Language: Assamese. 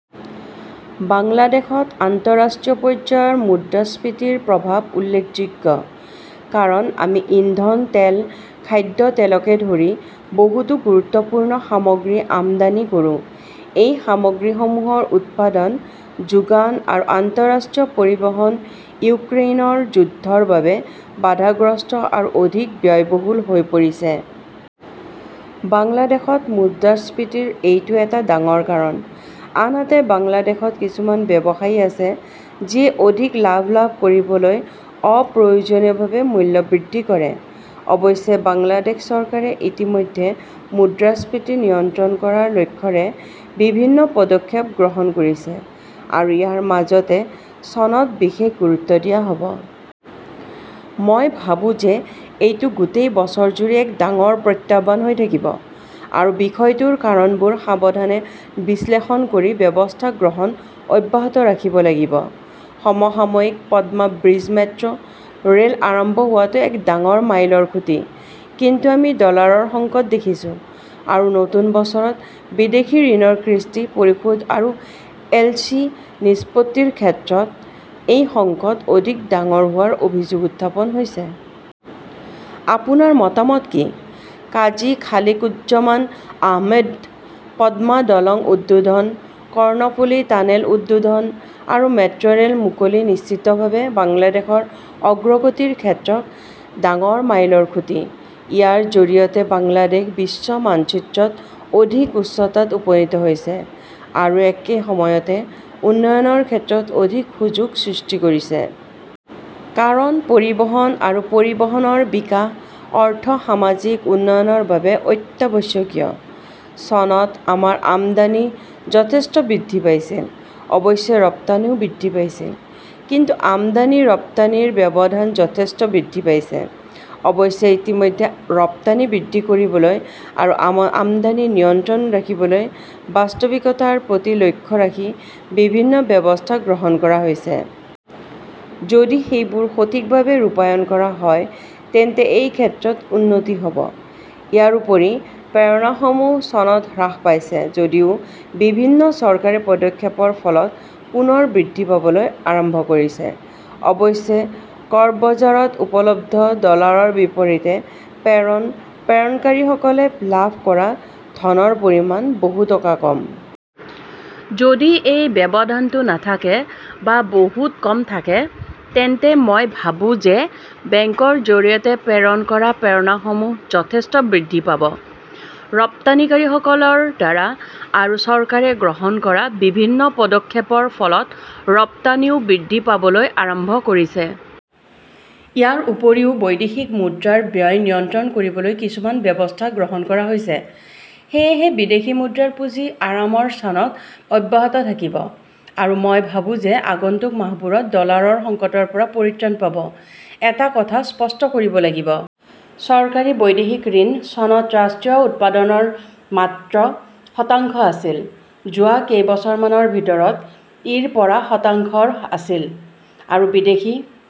বাংলাদেশত আন্তঃৰাষ্ট্ৰীয় পৰ্যায়ৰ মুদ্ৰাস্ফীতিৰ প্ৰভাৱ উল্লেখযোগ্য। কাৰণ, আমি ইন্ধন তেল, খাদ্য তেলকে ধৰি বহুতো গুৰুত্বপূৰ্ণ সামগ্ৰী আমদানি কৰো আৰু এই সামগ্ৰীসমূহৰ উৎপাদন, যোগান আৰু আন্তঃৰাষ্ট্ৰীয় পৰিবহণ ইউক্ৰেইনৰ যুদ্ধৰ বাবে বাধাগ্ৰস্ত আৰু অধিক ব্যয়বহুল হৈ পৰিছে। বাংলাদেশত মুদ্ৰাস্ফীতিৰ এইটো এটা ডাঙৰ কাৰণ। আনহাতে বাংলাদেশত কিছুমান ব্যৱসায়ী আছে যিয়ে অধিক লাভ লাভ কৰিবলৈ অপ্ৰয়োজনীয়ভাৱে মূল্য বৃদ্ধি কৰে। অৱশ্যে বাংলাদেশ চৰকাৰে ইতিমধ্যে মুদ্ৰাস্ফীতি নিয়ন্ত্ৰণ কৰাৰ লক্ষ্যৰে বিভিন্ন পদক্ষেপ গ্ৰহণ কৰিছে আৰু ইয়াৰ মাজতে চনত বিশেষ গুৰুত্ব দিয়া হ 'ব। মই ভাবো যে এইটো গোটেই বছৰজুৰি এক ডাঙৰ প্ৰত্যাহ্বান হৈ থাকিব আৰু বিষয়টোৰ কাৰণবোৰ সাৱধানে বিশ্লেষণ কৰি ব্যৱস্থা গ্ৰহণ অব্যাহত ৰাখিব লাগিব। সমসাময়িকঃ পদ্মা ব্ৰীজ-মেট্ৰ "ৰেল আৰম্ভ হোৱাটো এক ডাঙৰ মাইলৰ খুঁটি। কিন্তু আমি ডলাৰৰ সংকট দেখিছোঁ আৰু নতুন বছৰত বিদেশী ঋণৰ কিস্তি পৰিশোধ আৰু এলচি নিষ্পত্তিৰ ক্ষেত্ৰত এই সংকট অধিক ডাঙৰ হোৱাৰ অভিযোগ উত্থাপন হৈছে। আপোনাৰ মতামত কি? কাজী খালিকুজ্জমান আহমেদঃ পদ্মা দলং উদ্বোধন, কৰ্ণফুলি টানেল উদ্বোধন আৰু মেট্ৰ "ৰেল মুকলি নিশ্চিতভাৱে বাংলাদেশৰ অগ্ৰগতিৰ ক্ষেত্ৰত এক ডাঙৰ মাইলৰ খুঁটি। ইয়াৰ জৰিয়তে বাংলাদেশ বিশ্ব মানচিত্ৰত অধিক উচ্চতাত উপনীত হৈছে আৰু একে সময়তে উন্নয়নৰ ক্ষেত্ৰত অধিক সুযোগ সৃষ্টি কৰিছে। কাৰণ পৰিবহণ আৰু পৰিবহণৰ বিকাশ অৰ্থ-সামাজিক উন্নয়নৰ বাবে অত্যাৱশ্যকীয়। চনত আমাৰ আমদানি যথেষ্ট বৃদ্ধি পাইছিল, অৱশ্যে ৰপ্তানিও বৃদ্ধি পাইছিল। কিন্তু আমদানি-ৰপ্তানিৰ ব্যৱধান যথেষ্ট বৃদ্ধি পাইছে। অৱশ্যে, ইতিমধ্যে ৰপ্তানি বৃদ্ধি কৰিবলৈ আৰু আমদানি নিয়ন্ত্ৰণত ৰাখিবলৈ বাস্তৱিকতাৰ প্ৰতি লক্ষ্য ৰাখি বিভিন্ন ব্যৱস্থা গ্ৰহণ কৰা হৈছে। যদি সেইবোৰ সঠিকভাৱে ৰূপায়ণ কৰা হয় তেন্তে এই ক্ষেত্ৰত উন্নতি হ 'ব। ইয়াৰ উপৰিও, প্ৰেৰণাসমূহ চনত হ্ৰাস পাইছে যদিও বিভিন্ন চৰকাৰী পদক্ষেপৰ ফলত পুনৰ বৃদ্ধি পাবলৈ আৰম্ভ কৰিছে। অৱশ্যে, কৰ্ব বজাৰত উপলব্ধ ডলাৰৰ বিপৰীতে প্ৰেৰণ প্ৰেৰণকাৰীসকলে লাভ কৰা ধনৰ পৰিমাণ বহু টকা কম। যদি এই ব্যৱধানটো নাথাকে বা বহুত কম থাকে তেন্তে মই ভাবো যে বেংকৰ জৰিয়তে প্ৰেৰণ কৰা প্ৰেৰণাসমূহ যথেষ্ট বৃদ্ধি পাব। ৰপ্তানিকাৰীসকলৰ দ্বাৰা আৰু চৰকাৰে গ্ৰহণ কৰা বিভিন্ন পদক্ষেপৰ ফলত ৰপ্তানিও বৃদ্ধি পাবলৈ আৰম্ভ কৰিছে। ইয়াৰ উপৰিও বৈদেশিক মুদ্ৰাৰ ব্যয় নিয়ন্ত্ৰণ কৰিবলৈ কিছুমান ব্যৱস্থা গ্ৰহণ কৰা হৈছে। সেয়েহে বিদেশী মুদ্ৰাৰ পুঁজি আৰামৰ স্থানত অব্যাহত থাকিব আৰু মই ভাবো যে আগন্তুক মাহবোৰত ডলাৰৰ সংকটৰ পৰা পৰিত্ৰাণ পাব। এটা কথা স্পষ্ট কৰিব লাগিব। চৰকাৰী বৈদেশিক ঋণ চনত ৰাষ্ট্ৰীয় উৎপাদন ৰ মাত্ৰ শতাংশ আছিল। যোৱা কেইবছৰমানৰ ভিতৰত ই ৰ পৰা শতাংশ আছিল। আৰু বিদেশী